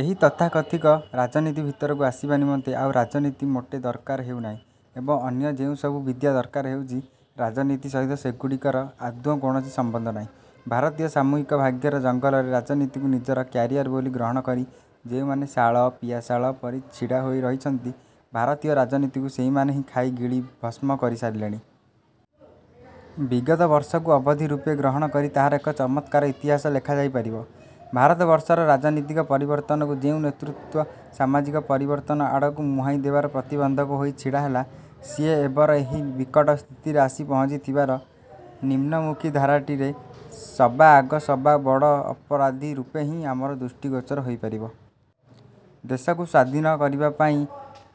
ଏହି ତଥାକଥିତ ରାଜନୀତି ଭିତରକୁ ଆସିବା ନିମନ୍ତେ ଆଉ ରାଜନୀତି ମୋଟେ ଦରକାର ହେଉ ନାହିଁ ଏବଂ ଅନ୍ୟ ଯେଉଁସବୁ ବିଦ୍ୟା ଦରକାର ହେଉଛି, ରାଜନୀତି ସହିତ ସେଗୁଡ଼ିକର ଆଦୌ କୌଣସି ସମ୍ବନ୍ଧ ନାହିଁ। ଭାରତୀୟ ସାମୂହିକ ଭାଗ୍ୟର ଜଙ୍ଗଲରେ ରାଜନୀତିକୁ ନିଜର କ୍ୟାରିୟର ବୋଲି ଗ୍ରହଣ କରି ଯେଉଁମାନେ ଶାଳ, ପିଆଶାଳ ପରି ଛିଡ଼ା ହୋଇ ରହିଛନ୍ତି, ଭାରତୀୟ ରାଜନୀତିକୁ ସେଇମାନେ ହିଁ ଖାଇ ଗିଳି ଭସ୍ମ କରି ସାରିଲେଣି। ବିଗତ ବର୍ଷକୁ ଅବଧି ରୂପେ ଗ୍ରହଣ କରି ତାହାର ଏକ ଚମତ୍କାର ଇତିହାସ ଲେଖାଯାଇ ପାରିବ। ଭାରତବର୍ଷର ରାଜନୀତିକ ପରିବର୍ତ୍ତନକୁ ଯେଉଁ ନେତୃତ୍ଵ ସାମାଜିକ ପରିବର୍ତ୍ତନ ଆଡ଼କୁ ମୁହାଁଇ ଦେବାରେ ପ୍ରତିବନ୍ଧକ ହୋଇ ଛିଡ଼ା ହେଲା, ସିଏ ଏବର ଏହି ବିକଟ ସ୍ଥିତିରେ ଆସି ପହଞ୍ଚି ଥିବାର ନିମ୍ନମୁଖୀ ଧାରାଟିରେ ସବା ଆଗ ସବା ବଡ଼ ଅପରାଧୀ ରୂପେ ହିଁ ଆମର ଦୃଷ୍ଟି ଗୋଚର ହୋଇପାରିବ। ଦେଶକୁ ସ୍ୱାଧୀନ। କରିବା ପାଇଁ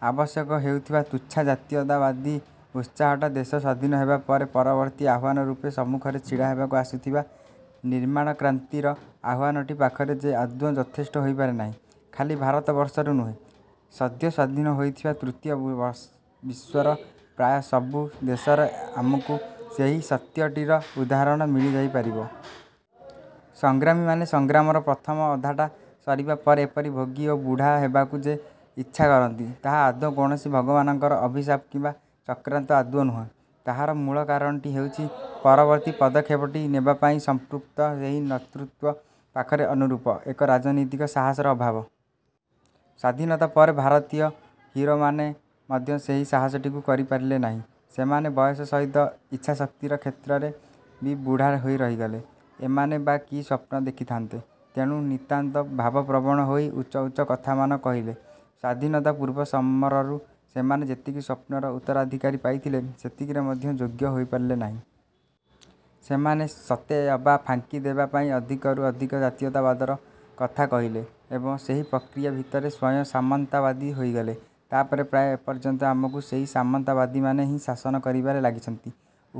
ଆବଶ୍ୟକ ହେଉଥିବା ତୁଚ୍ଛା ଜାତୀୟତାବାଦୀ ଉତ୍ସାହଟା ଦେଶ ସ୍ୱାଧୀନ ହେବା ପରେ ପରବର୍ତ୍ତୀ ଆହ୍ୱାନ ରୂପେ ସମ୍ମୁଖରେ ଛିଡ଼ା ହେବାକୁ ଆସୁଥିବା ନିର୍ମାଣକ୍ରାନ୍ତିର ଆହ୍ୱାନଟି ପାଖରେ ଯେ ଆଦୌ ଯଥେଷ୍ଟ ହୋଇପାରେ ନାହିଁ, ଖାଲି ଭାରତବର୍ଷରୁ ନୁହେଁ, ସଦ୍ୟ ସ୍ଵାଧୀନ ହୋଇଥିବା ତୃତୀୟ ବିଶ୍ୱର ପ୍ରାୟ ସବୁ ଦେଶରେ ଆମକୁ ସେହି ସତ୍ୟଟିର ଉଦାହରଣ ମିଳିଯାଇପାରିବ। ସଂଗ୍ରାମୀମାନେ ସଂଗ୍ରାମର ପ୍ରଥମ ଅଧାଟା ସରିବା ପରେ ଏପରି ଭୋଗୀ ଓ ବୁଢ଼ା ହେବାକୁ ଯେ ଇଚ୍ଛା କରନ୍ତି, ତାହା ଆଦୌ କୌଣସି ଭଗବାନଙ୍କର ଅଭିଶାପ କିମ୍ବା ଚକ୍ରାନ୍ତ ଆଦୌ ନୁହେଁ; ତାହାର ମୂଳ କାରଣଟି ହେଉଛି ପରବର୍ତ୍ତୀ ପଦକ୍ଷେପଟି ନେବା ପାଇଁ ସମ୍ପୃକ୍ତ ସେହି ନେତୃତ୍ୱ ପାଖରେ ଅନୁରୂପ ଏକ ରାଜନୀତିକ ସାହସର ଅଭାବ। ସ୍ଵାଧୀନତା ପରେ ଭାରତୀୟ ହୀରୋମାନେ ମଧ୍ୟ ସେହି ସାହସଟିକୁ କରିପାରିଲେ ନାହିଁ। ସେମାନେ ବୟସ ସହିତ ଇଚ୍ଛାଶକ୍ତିର କ୍ଷେତ୍ରରେ ବି ବୁଢ଼ା ହୋଇ ରହିଗଲେ। ଏମାନେ ବା କି ସ୍ୱପ୍ନ ଦେଖିଥାନ୍ତେ, ତେଣୁ ନିତାନ୍ତ ଭାବପ୍ରବଣ ହୋଇ ଉଚ୍ଚ ଉଚ୍ଚ କଥାମାନ କହିଲେ। ସ୍ଵାଧୀନତାପୂର୍ବ ସମରରୁ ସେମାନେ ଯେତିକି ସ୍ୱପ୍ନର ଉତ୍ତରାଧିକାର ପାଇଥିଲେ, ସେତିକିର ମଧ୍ୟ ଯୋଗ୍ୟ ହୋଇପାରିଲେ ନାହିଁ। ସେମାନେ ସତେଅବା ଫାଙ୍କି ଦେବା ପାଇଁ ଅଧିକରୁ ଅଧିକ ଜାତୀୟତାବାଦର କଥା କହିଲେ ଏବଂ ସେହି ପ୍ରକ୍ରିୟା ଭିତରେ ସ୍ୱୟଂ ସାମନ୍ତବାଦୀ ହୋଇଗଲେ। ତାପରେ ପ୍ରାୟ ଏପର୍ଯ୍ୟନ୍ତ ଆମକୁ ସେହି ସାମନ୍ତବାଦୀମାନେ ହିଁ ଶାସନ କରିବାରେ ଲାଗିଛନ୍ତି।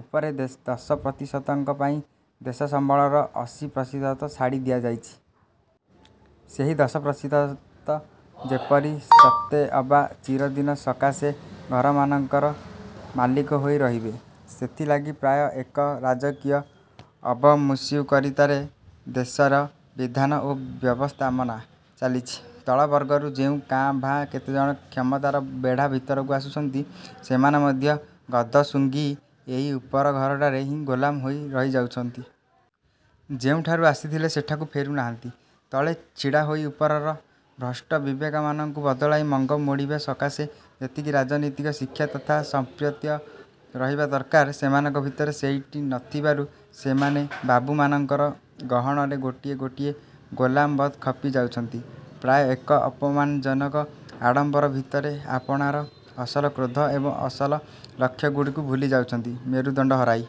ଉପରେ ଦଶ ପ୍ରତିଶତଙ୍କ ପାଇଁ ଦେଶସମ୍ବଳର ଅଶୀ ପ୍ରତିଶତ ଛାଡ଼ି ଦିଆଯାଇଛି। ସେହି ଦଶ ପ୍ରତିଶତ ଯେପରି ସତେଅବା ଚିରଦିନ ସକାଶେ ଘରମାନଙ୍କରେ ମାଲିକ ହୋଇ ରହିବେ, ସେଥିଲାଗି ପ୍ରାୟ ଏକ ରାଜକୀୟ ଅବମୃଷ୍ୟକାରିତାରେ ଦେଶର ବିଧାନ ଓ ବ୍ୟବସ୍ଥାମାନ ଚାଲିଛି। ତଳବର୍ଗରୁ ଯେଉଁ କାଁ ଭାଁ କେତେଜଣ କ୍ଷମତାର ବେଢ଼ା ଭିତରକୁ ଆସୁଛନ୍ତି, ସେମାନେ ମଧ୍ୟ ଗଦ ଶୁଘିଂ ଏହି ଉପର ଘରଟାରେ ହିଁ ଗୋଲାମ ହୋଇ ରହିଯାଉଛନ୍ତି। ଯେଉଁଠାରୁ ଆସିଥଲେ, ସେଠାକୁ ଫେରୁନାହାନ୍ତି। ତଳେ ଛିଡ଼ାହୋଇ ଉପରର ଭ୍ରଷ୍ଟ ବିବେକମାନଙ୍କୁ ବଦଳାଇ ମଙ୍ଗ ମୋଡ଼ିବା ସକାଶେ ଯେତିକି ରାଜନୀତିକ ଶିକ୍ଷା ତଥା ସଂପ୍ରତ୍ୟୟ ରହିବା ଦରକାର, ସେମାନଙ୍କ ଭିତରେ ସେଇଟି ନଥିବାରୁ ସେମାନେ ବାବୁ ମାନଙ୍କର ଗହଣରେ ଗୋଟିଏ ଗୋଟିଏ ଗୋଲାମବତ୍ ଖପି ଯାଉଛନ୍ତି, ପ୍ରାୟ ଏକ ଅପମାନଜନକ ଆଡ଼ମ୍ବର ଭିତରେ ଆପଣାର ଅସଲ କ୍ରୋଧ ଏବଂ ଅସଲ ଲକ୍ଷ୍ୟଗୁଡ଼ିକୁ ଭୁଲି ଯାଉଛନ୍ତି। ମେରୁଦଣ୍ଡ ହରାଇ